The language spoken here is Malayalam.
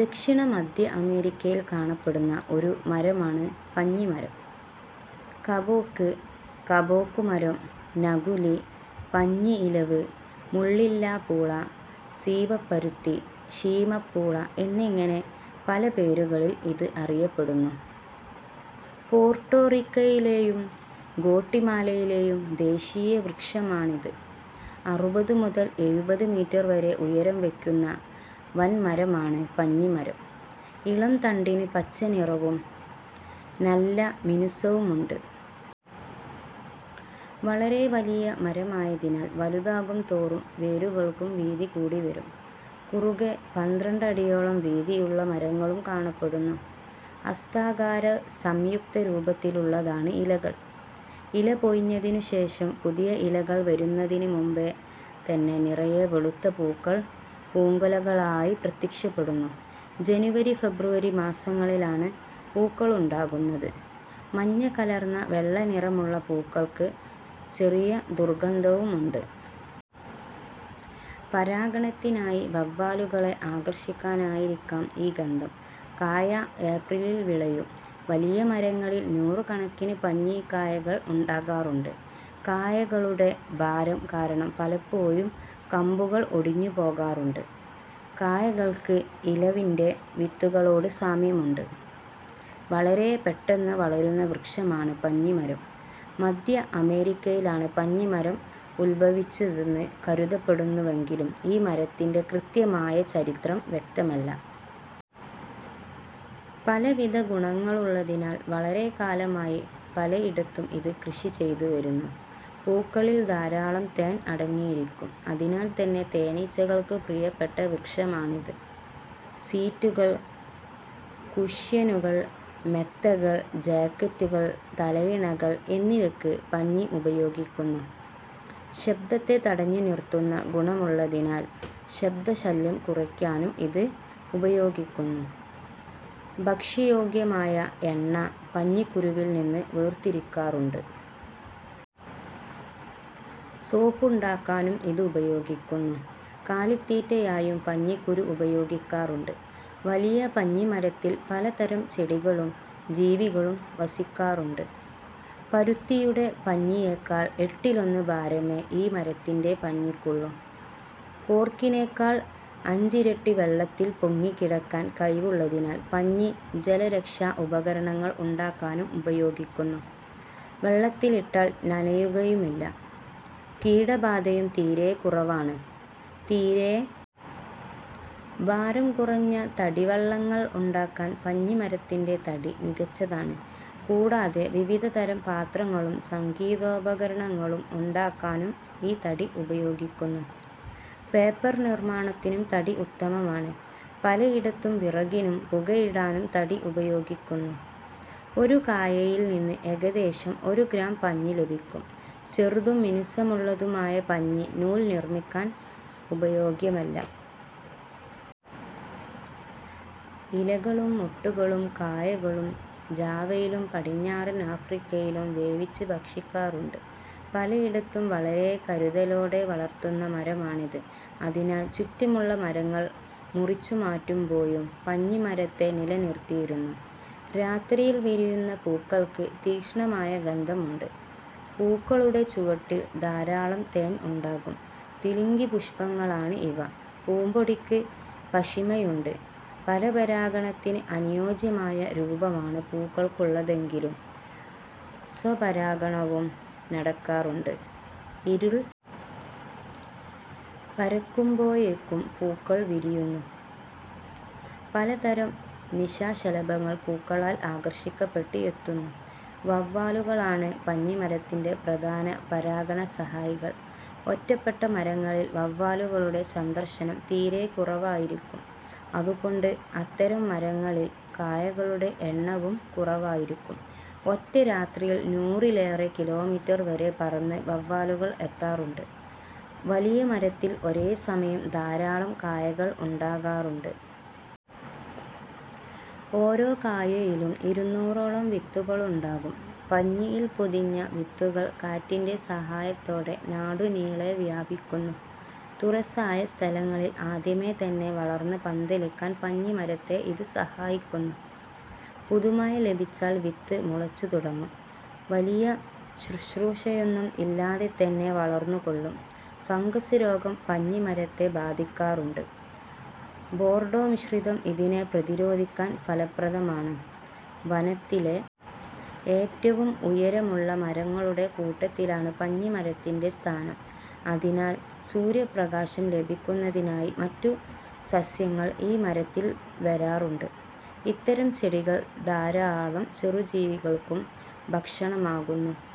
ദക്ഷിണ മധ്യ അമേരിക്കയിൽ കാണപ്പെടുന്ന ഒരു മരമാണ് പഞ്ഞിമരം. കപോക്ക്, കപോക്കുമരം, നകുലി, പഞ്ഞി ഇലവ്, മുള്ളില്ലാപ്പൂള, സീബപ്പരുത്തി, ശീമപ്പൂള എന്നിങ്ങനെ പല പേരുകളിൽ ഇത് അറിയപ്പെടുന്നു. പോർട്ടോ റിക്കോയിലെയും ഗ്വാട്ടിമാലയിലെയും ദേശീയവൃക്ഷമാണിത്. അറുപത് മുതൽ എഴുപത് മീറ്റർ വരെ ഉയരം വയ്ക്കുന്ന വൻമരമാണ് പഞ്ഞിമരം. ഇളംതണ്ടിന് പച്ചനിറവും നല്ല മിനുസവുമുണ്ട്. വളരെ വലിയ മരമായതിനാൽ വലുതാകുംതോറും വേരുകൾക്കും വീതി കൂടിവരും. കുറുകെ പന്ത്രണ്ട് അടിയോളം വീതിയുള്ള മരങ്ങളും കാണപ്പെടുന്നു. ഹസ്താകാര സംയുക്തരൂപത്തിലുള്ളതാണ് ഇലകൾ. ഇലപൊഴിഞ്ഞതിനുശേഷം പുതിയ ഇലകൾ വരുന്നതിന് മുൻപേതന്നെ നിറയെ വെളുത്ത പൂക്കൾ പൂങ്കുലകളായി പ്രത്യക്ഷപ്പെടുന്നു. ജനുവരി ഫെബ്രുവരി മാസങ്ങളിലാണ് പൂക്കളുണ്ടാകുന്നത്. മഞ്ഞകലർന്ന വെള്ളനിറമുള്ള പൂക്കൾക്ക് ചെറിയ ദുർഗന്ധവുമുണ്ട്. പരാഗണത്തിനായി വവ്വാലുകളെ ആകർഷിക്കാനായിരിക്കാം ഈ ഗന്ധം.കായ ഏപ്രിലിൽ വിളയും. വലിയ മരങ്ങളിൽ നൂറുകണക്കിന് പഞ്ഞിക്കായകൾ ഉണ്ടാകാറുണ്ട്. കായകളുടെ ഭാരം കാരണം പലപ്പോഴും കമ്പുകൾ ഒടിഞ്ഞുപോകാറുണ്ട്. കായകൾക്ക് ഇലവിൻറെ വിത്തുകളോട് സാമ്യമുണ്ട്. വളരെപ്പെട്ടെന്ന് വളരുന്ന വൃക്ഷമാണ് പഞ്ഞിമരം. മധ്യ അമേരിക്കയിലാണ് പഞ്ഞിമരം ഉദ്ഭവിച്ചതെന്ന് കരുതപ്പെടുന്നുവെങ്കിലും ഈ മരത്തിൻറെ കൃത്യമായ ചരിത്രം വ്യക്തമല്ല. പലവിധ ഗുണങ്ങളുള്ളതിനാൽ വളരെക്കാലമായി പലയിടത്തും ഇത് കൃഷി ചെയ്തുവരുന്നു. പൂക്കളിൽ ധാരാളം തേൻ അടങ്ങിയിരിക്കും. അതിനാൽ തന്നെ തേനീച്ചകൾക്ക് പ്രിയപ്പെട്ട വൃക്ഷമാണിത്. സീറ്റുകൾ, കുഷ്യനുകൾ, മെത്തകൾ, ജാക്കറ്റുകൾ, തലയിണകൾ എന്നിവയ്ക്ക് പഞ്ഞി ഉപയോഗിക്കുന്നു. ശബ്ദത്തെ തടഞ്ഞുനിർത്തുന്ന ഗുണമുള്ളതിനാൽ ശബ്ദശല്യം കുറയ്ക്കാനും ഇത് ഉപയോഗിക്കുന്നു. ഭക്ഷ്യയോഗ്യമായ എണ്ണ പഞ്ഞിക്കുരുവിൽനിന്ന് വേർതിരിക്കാറുണ്ട്. സോപ്പുണ്ടാക്കാനും ഇത് ഉപയോഗിക്കുന്നു. കാലിത്തീറ്റയായും പഞ്ഞിക്കുരു ഉപയോഗിക്കാറുണ്ട്. വലിയ പഞ്ഞിമരത്തിൽ പലതരം ചെടികളും ജീവികളും വസിക്കാറുണ്ട്. പരുത്തിയുടെ പഞ്ഞിയേക്കാൾ എട്ടിലൊന്ന് ഭാരമേ ഈ മരത്തിൻറെ പഞ്ഞിക്കുള്ളൂ. കോർക്കിനേക്കാൾ അഞ്ചിരട്ടി വെള്ളത്തിൽ പൊങ്ങിക്കിടക്കാൻ കഴിവുള്ളതിനാൽ പഞ്ഞി ജലരക്ഷാ ഉപകരണങ്ങൾ ഉണ്ടാക്കാനും ഉപയോഗിക്കുന്നു. വെള്ളത്തിലിട്ടാൽ നനയുകയുമില്ല. കീടബാധയും തീരെ കുറവാണ്. തീരെ ഭാരം കുറഞ്ഞ തടി വള്ളങ്ങൾ ഉണ്ടാക്കാൻ പഞ്ഞിമരത്തിൻറെ തടി മികച്ചതാണ്. കൂടാതെ വിവിധതരം പാത്രങ്ങളും സംഗീതോപകരണങ്ങളും ഉണ്ടാക്കാനും ഈ തടി ഉപയോഗിക്കുന്നു. പേപ്പർ നിർമാണത്തിനും തടി ഉത്തമമാണ്. പലയിടത്തും വിറകിനും പുകയിടാനും തടി ഉപയോഗിക്കുന്നു. ഒരു കായയിൽ നിന്ന് ഏകദേശം ഒരു ഗ്രാം പഞ്ഞി ലഭിക്കും. ചെറുതും മിനുസമുള്ളതുമായ പഞ്ഞി നൂൽ നിർമിക്കാൻ ഉപയോഗയോഗ്യമല്ല. ഇലകളും മൊട്ടുകളും കായകളും ജാവയിലും പടിഞ്ഞാറൻ ആഫ്രിക്കയിലും വേവിച്ച് ഭക്ഷിക്കാറുണ്ട്. പലയിടത്തും വളരെ കരുതലോടെ വളർത്തുന്ന മരമാണിത്. അതിനാൽ ചുറ്റുമുള്ള മരങ്ങൾ മുറിച്ചുമാറ്റുമ്പോഴും പഞ്ഞിമരത്തെ നിലനിർത്തിയിരുന്നു. രാത്രിയിൽ വിരിയുന്ന പൂക്കൾക്ക് തീക്ഷ്ണമായ ഗന്ധമുണ്ട്. പൂക്കളുടെ ചുവട്ടിൽ ധാരാളം തേൻ ഉണ്ടാകും. ദ്വിലിംഗിപുഷ്പങ്ങളാണ് ഇവ. പൂമ്പൊടിക്ക് പശിമയുണ്ട്. പരപരാഗണത്തിന് അനുയോജ്യമായ രൂപമാണ് പൂക്കൾക്കുള്ളതെങ്കിലും സ്വപരാഗണവും നടക്കാറുണ്ട്. ഇരുൾ പരക്കുമ്പോഴേക്കും പൂക്കൾ വിരിയുന്നു. പലതരം നിശാശലഭങ്ങൾ പൂക്കളാൽ ആകർഷിക്കപ്പെട്ട് എത്തുന്നു. വവ്വാലുകളാണ് പഞ്ഞിമരത്തിൻറെ പ്രധാന പരാഗണസഹായികൾ. ഒറ്റപ്പെട്ട മരങ്ങളിൽ വവ്വാലുകളുടെ സന്ദർശനം തീരെ കുറവായിരിക്കും. അതുകൊണ്ട് അത്തരം മരങ്ങളിൽ കായകളുടെ എണ്ണവും കുറവായിരിക്കും. ഒറ്റ രാത്രിയിൽ നൂറിലേറെ കിലോമീറ്റർ വരെ പറന്ന് വവ്വാലുകൾ എത്താറുണ്ട്. വലിയ മരത്തിൽ ഒരേസമയം ധാരാളം കായകൾ ഉണ്ടാകാറുണ്ട്. ഓരോ കായയിലും ഇരുന്നൂറോളം വിത്തുകളുണ്ടാകും. പഞ്ഞിയിൽ പൊതിഞ്ഞ വിത്തുകൾ കാറ്റിൻറെ സഹായത്തോടെ നാടുനീളെ വ്യാപിക്കുന്നു. തുറസ്സായ സ്ഥലങ്ങളിൽ ആദ്യമേ തന്നെ വളർന്ന് പന്തലിക്കാൻ പഞ്ഞിമരത്തെ ഇത് സഹായിക്കുന്നു. പുതുമഴ ലഭിച്ചാൽ വിത്ത് മുളച്ചുതുടങ്ങും. വലിയ ശുശ്രൂഷയൊന്നും ഇല്ലാതെ തന്നെ വളർന്നുകൊള്ളും. ഫംഗസ് രോഗം പഞ്ഞിമരത്തെ ബാധിക്കാറുണ്ട്. ബോർഡോ മിശ്രിതം ഇതിനെ പ്രതിരോധിക്കാൻ ഫലപ്രദമാണ്. വനത്തിലെ ഏറ്റവും ഉയരമുള്ള മരങ്ങളുടെ കൂട്ടത്തിലാണ് പഞ്ഞിമരത്തിൻറെ സ്ഥാനം. അതിനാൽ സൂര്യപ്രകാശം ലഭിക്കുന്നതിനായി മറ്റു സസ്യങ്ങൾ ഈ മരത്തിൽ വരാറുണ്ട്. ഇത്തരം ചെടികൾ ധാരാളം ചെറുജീവികൾക്കും ഭക്ഷണമാകുന്നു.